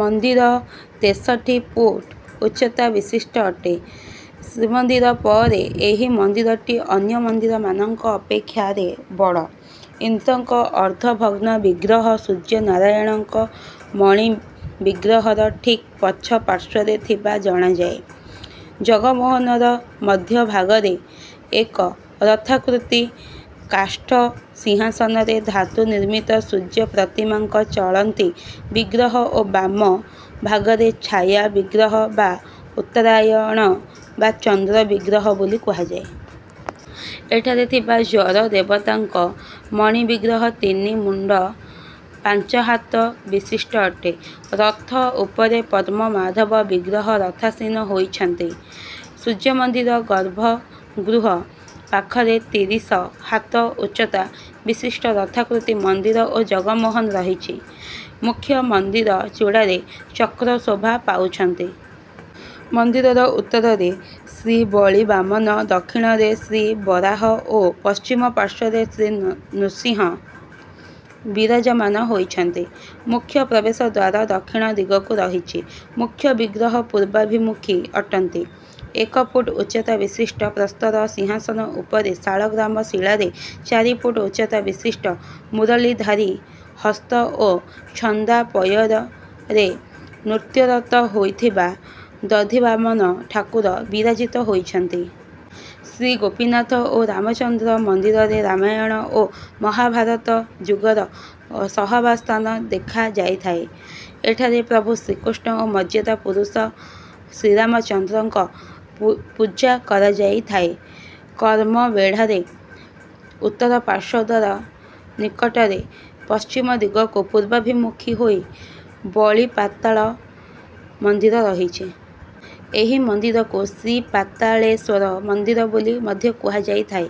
ମନ୍ଦିର ତେଷଠି ଫୁଟ୍ ଉଚ୍ଚତା ବିଶିଷ୍ଟ ଅଟେ। ଶ୍ରୀମନ୍ଦିର ପରେ ଏହି ମନ୍ଦିରଟି ଅନ୍ୟ ମନ୍ଦିରମାନଙ୍କ ଅପେକ୍ଷାରେ ବଡ଼। ଇନ୍ଦ୍ରଙ୍କ ଅର୍ଦ୍ଧ ଭଗ୍ନ ବିଗ୍ରହ ସୂର୍ଯ୍ୟ ନାରାୟଣଙ୍କ ମଣି ବିଗ୍ରହର ଠିକ୍ ପଛ ପାର୍ଶ୍ୱରେ ଥିବା ଜଣାଯାଏ। ଜଗମୋହନର ମଧ୍ୟ ଭାଗରେ ଏକ ରଥାକୃତି କାଷ୍ଠ ସିଂହାସନରେ ଧାତୁ ନିର୍ମିତ ସୂର୍ଯ୍ୟ ପ୍ରତିମାଙ୍କ ଚଳନ୍ତି ବିଗ୍ରହ ଓ ବାମ ଭାଗରେ ଛାୟା ବିଗ୍ରହ ବା ଉତ୍ତରାୟଣ ବା ଚନ୍ଦ୍ର ବିଗ୍ରହ ବୋଲି କୁହାଯାଏ। ଏଠାରେ ଥିବା ଜ୍ୱର ଦେବତାଙ୍କ ମଣି ବିଗ୍ରହ ତିନି ମୁଣ୍ଡ ପାଞ୍ଚ ହାତ ବିଶିଷ୍ଟ ଅଟେ। ରଥ ଉପରେ ପଦ୍ମ ମାଧବ ବିଗ୍ରହ ରଥାସୀନ ହୋଇଛନ୍ତି। ସୂର୍ଯ୍ୟ ମନ୍ଦିର ଗର୍ଭଗୃହ ପାଖରେ ତିରିଶ ହାତ ଉଚ୍ଚତା ବିଶିଷ୍ଟ ରଥାକୃତି ମନ୍ଦିର ଓ ଜଗମୋହନ ରହିଛି। ମୁଖ୍ୟ ମନ୍ଦିର ଚୂଡ଼ାରେ ଚକ୍ର ଶୋଭା ପାଉଛନ୍ତି। ମନ୍ଦିରର ଉତ୍ତରରେ ଶ୍ରୀବଳି ବାମନ ଦକ୍ଷିଣରେ ଶ୍ରୀବରାହ ଓ ପଶ୍ଚିମ ପାର୍ଶ୍ୱରେ ଶ୍ରୀନୃସିଂହ ବିରାଜମାନ ହୋଇଛନ୍ତି। ମୁଖ୍ୟ ପ୍ରବେଶ ଦ୍ୱାର ଦକ୍ଷିଣ ଦିଗକୁ ରହିଛି। ମୁଖ୍ୟ ବିଗ୍ରହ ପୂର୍ବାଭିମୁଖୀ ଅଟନ୍ତି। ଏକ ଫୁଟ୍ ଉଚ୍ଚତା ବିଶିଷ୍ଟ ପ୍ରସ୍ତର ସିଂହାସନ ଉପରେ ଶାଳଗ୍ରାମ ଶିଳାରେ ଚାରି ଫୁଟ୍ ଉଚ୍ଚତା ବିଶିଷ୍ଟ ମୁରଲୀଧାରୀ ହସ୍ତ ଓ ଛନ୍ଦା ପୟରରେ ନୃତ୍ୟରତ ହୋଇଥିବା ଦଧିବାମନ ଠାକୁର ବିରାଜିତ ହୋଇଛନ୍ତି। ଶ୍ରୀ ଗୋପୀନାଥ ଓ ରାମଚନ୍ଦ୍ର ମନ୍ଦିରରେ ରାମାୟଣ ଓ ମହାଭାରତ ଯୁଗର ସହାବସ୍ଥାନ ଦେଖାଯାଇଥାଏ। ଏଠାରେ ପ୍ରଭୁ ଶ୍ରୀକୃଷ୍ଣ ଓ ମର୍ଯ୍ୟାଦା ପୁରୁଷ ଶ୍ରୀରାମଚନ୍ଦ୍ରଙ୍କ ପୂଜା କରାଯାଇଥାଏ। କୁର୍ମ ବେଢାର ଉତ୍ତର ପାର୍ଶ୍ୱ ଦ୍ୱାର ନିକଟରେ ପଶ୍ଚିମ ଦିଗକୁ ପୂର୍ବାଭିମୁଖୀ ହୋଇ ବଳୀ ପାତାଳ ମନ୍ଦିର ରହିଛି। ଏହି ମନ୍ଦିରକୁ ଶ୍ରୀପାତାଳେଶ୍ୱର ମନ୍ଦିର ବୋଲି ମଧ୍ୟ କୁହାଯାଇଥାଏ।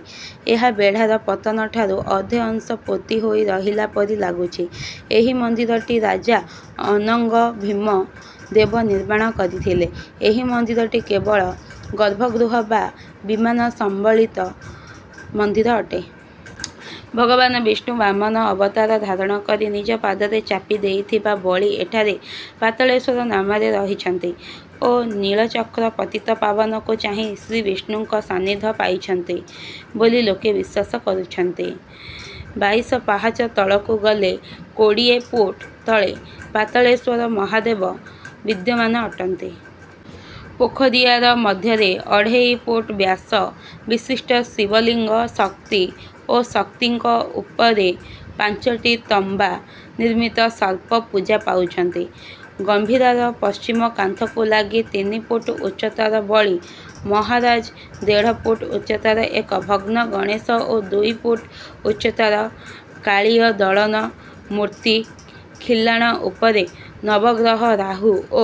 ଏହା ବେଢାର ପତନଠାରୁ ଅଧେ ଅଂଶ ପୋତି ହୋଇ ରହିଲା ପରି ଲାଗୁଛି। ଏହି ମନ୍ଦିରଟି ରାଜା ଅନଙ୍ଗ ଭୀମ ଦେବ ନିର୍ମାଣ କରିଥିଲେ। ଏହି ମନ୍ଦିରଟି କେବଳ ଗର୍ଭଗୃହ ବା ବିମାନ ସମ୍ବଳିତ ମନ୍ଦିର ଅଟେ। ଭଗବାନ ବିଷ୍ଣୁ ବାମନ ଅବତାର ଧାରଣ କରି ନିଜ ପାଦରେ ଚାପି ଦେଇଥିବା ବଳୀ ଏଠାରେ ପାତାଳେଶ୍ୱର ନାମରେ ରହିଛନ୍ତି ଓ ନୀଳଚକ୍ର ପତିତପାବନକୁ ଚାହିଁ ଶ୍ରୀବିଷ୍ଣୁଙ୍କ ସାନିଧ୍ୟ ପାଇଛନ୍ତି ବୋଲି ଲୋକେ ବିଶ୍ୱାସ କରୁଛନ୍ତି। ବାଇଶ ପାହାଚ ତଳକୁ ଗଲେ କୋଡ଼ିଏ ଫୁଟ ତଳେ ପାତାଳେଶ୍ୱର ମହାଦେବ ବିଦ୍ୟମାନ ଅଟନ୍ତି। ପୋଖରିଆର ମଧ୍ୟରେ ଅଢ଼େଇ ଫୁଟ୍ ବ୍ୟାସ ବିଶିଷ୍ଟ ଶିବଲିଙ୍ଗ ଶକ୍ତି ଓ ଶକ୍ତିଙ୍କ ଉପରେ ପାଞ୍ଚଟି ତମ୍ବା ନିର୍ମିତ ସର୍ପ ପୂଜା ପାଉଛନ୍ତି। ଗମ୍ଭୀରାର ପଶ୍ଚିମ କାନ୍ଥକୁ ଲାଗି ତିନି ଫୁଟ ଉଚ୍ଚତାର ବଳୀ ମହାରାଜ ଦେଢ଼ ଫୁଟ୍ ଉଚ୍ଚତାର ଏକ ଭଗ୍ନ ଗଣେଶ ଓ ଦୁଇ ଫୁଟ୍ ଉଚ୍ଚତାର କାଳୀୟ ଦଳନ ମୂର୍ତ୍ତି ଖିଲାଣ ଉପରେ ନବଗ୍ରହ ରାହୁ ଓ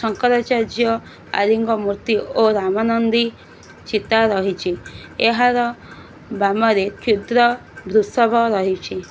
ଶଙ୍କରାଚାର୍ଯ୍ୟ ଆଦିଙ୍କ ମୂର୍ତ୍ତି ଓ ରାମନନ୍ଦୀ ଚିତା ରହିଛି। ଏହାର ବାମରେ କ୍ଷୁଦ୍ର ବୃଷଭ ରହିଛି।